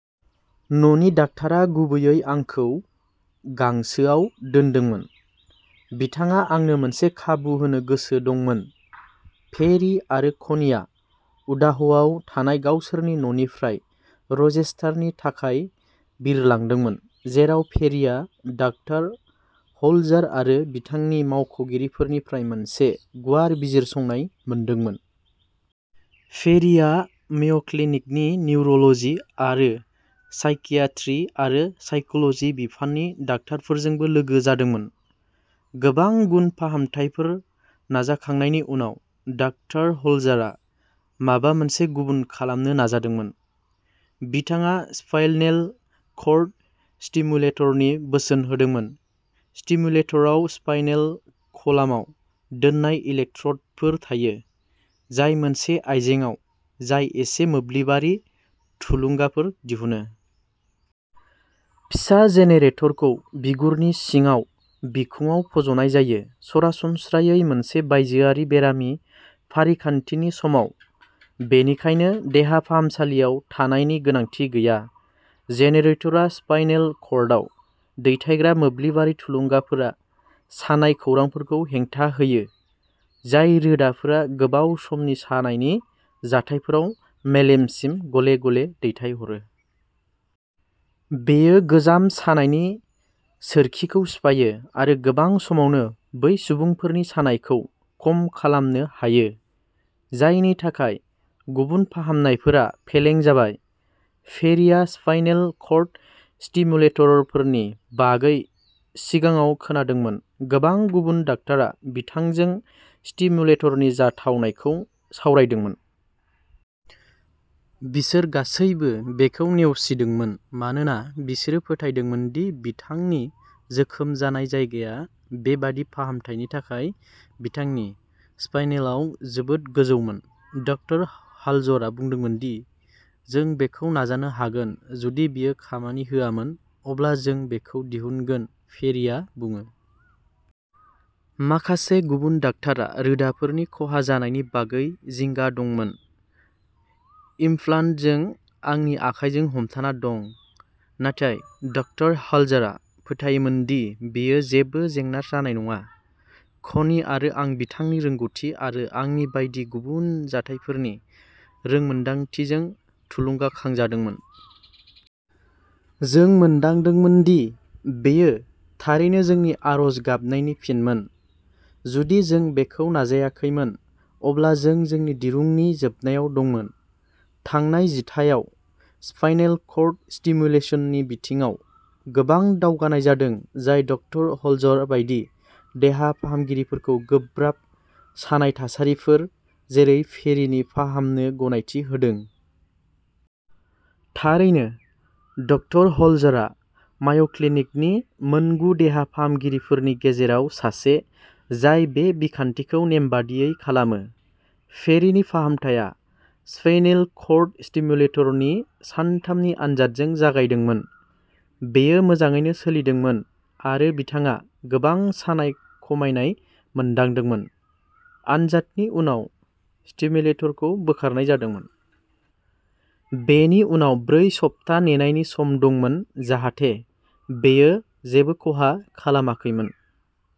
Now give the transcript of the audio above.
"न'नि डाक्ट'रा गुबैयै आंखौ गांसोआव दोनदोंमोन। बिथाङा आंनो मोनसे खाबु होनो गोसो दंमोन। " पेरी आरो क'नीआ उटाहआव थानाय गावसोरनि न'निफ्राय रचेस्टारनि थाखाय बिरलांदोंमोन, जेराव पेरीआ डा. ह'लजार आरो बिथांनि मावख'गिरिफोरनिफ्राय मोनसे गुवार बिजिरसंनाय मोनदोंमोन। पेरीआ मेय'क्लिनिकनि निउर'ल'जी, आरो साइकियाट्री आरो साइकोल'जी बिफाननि डाक्टारफोरजोंबो लोगो जादोंमोन। गोबां गुबुन फाहामथायफोर नाजाखांनायनि उनाव, डा. ह'लजारआ माबा मोनसे गुबुन खालामनो नाजादोंमोन। बिथाङा स्पाइनेल कर्ड स्टिमुलेटरनि बोसोन होदोंमोन। स्टिमुलेटराव स्पाइनेल कलामाव दोननाय इलेक्ट्र'डफोर थायो, जाय मोनसे आयजेंआव जाय एसे मोब्लिबारि थुलुंगाफोर दिहुनो। फिसा जेनेरेटरखौ बिगुरनि सिङाव बिखुंआव फज'नाय जायो, सरासनस्रायै मोनसे बायजोआरि बेरामि फारिखान्थिनि समाव, बेनिखायनो देहा फाहामसालियाव थानायनि गोनांथि गैया। जेनेरेटरआ स्पाइनेल कर्डआव दैथायग्रा मोब्लिबारि थुलुंगाफोरा सानाय खौरांफोरखौ हेंथा होयो, जाय रोदाफोरा गोबाव समनि सानायनि जाथायफोराव मेलेमसिम गले-गले दैथायहरो। बेयो गोजाम सानायनि सोरखिखौ सिफायो आरो गोबां समावनो बै सुबुंफोरनि सानायखौ खम खालामनो हायो, जायनि थाखाय गुबुन फाहामनायफोरा फेलें जाबाय। पेरीआ स्पाइनेल कर्ड स्टिमुलेटरफोरनि बागै सिगाङाव खोनादोंमोन। गोबां गुबुन डाक्टरा बिथांजों स्टिमुलेटरनि जाथावनाखौ सावरायदोंमोन। बिसोर गासैबो बेखौ नेवसिदोंमोन मानोना बिसोरो फोथायदोंमोन दि बिथांनि जोखोम जानाय जायगाया बेबादि फाहामथायनि थाखाय बिथांनि स्पाइनेलाव जोबोद गोजौमोन। "डा. ह'लजारआ बुंदोंमोन दि जों बेखौ नाजानो हागोन। जुदि बेयो खामानि होआमोन, अब्ला जों बेखौ दिहुनगोन", पेरीआ बुङो। "माखासे गुबुन डाक्टरा रोदाफोरनि खहा जानायनि बागै जिंगा दंमोन। इमप्लान्टजों आंनि आखाइजों हमथाना दं। नाथाय ड. ह'लजारआ फोथायोमोन दि बेयो जेबो जेंना जानाय नङा। कनि आरो आं बिथांनि रोंग'थि आरो आंनि बायदि गुबुन जाथायफोरनि रोंमोनदांथिजों थुलुंगाखांजादोंमोन। जों मोनदांदोंमोन दि बेयो थारैनो जोंनि आरज गाबनायनि फिनमोन। जुदि जों बेखौ नाजायाखैमोन, अब्ला जों जोंनि दिरुंनि जोबनायाव दंमोन। "थांनाय जिथाइयाव स्पाइनेल कर्ड स्टिमुलेसननि बिथिङाव गोबां दावगानाय जादों जाय ड. ह'लजार बायदि देहा फाहामगिरिफोरखौ गोब्राब सानाय थासारिफोर, जेरै पेरिनि फाहामनो गनायथि होदों। थारैनो, ड. ह'लजारआ माय'क्लिनिकनि मोनगु देहा फाहामगिरिफोरनि गेजेराव सासे जाय बे बिखान्थिखौ नेमबादियै खालामो। पेरिनि फाहामथाया स्पाइनेल कर्ड स्टिमुलेटरनि सानथामनि आनजादजों जागायदोंमोन। बेयो मोजाङैनो सोलिदोंमोन, आरो बिथाङा गोबां सानाय खमायनाय मोनदांदोंमोन। आनजादनि उनाव, स्टिमुलेटरखौ बोखारनाय जादोंमोन, बेनि उनाव ब्रै सप्ता नेनायनि सम दंमोन जाहाथे बेयो जेबो खहा खालामाखैमोन।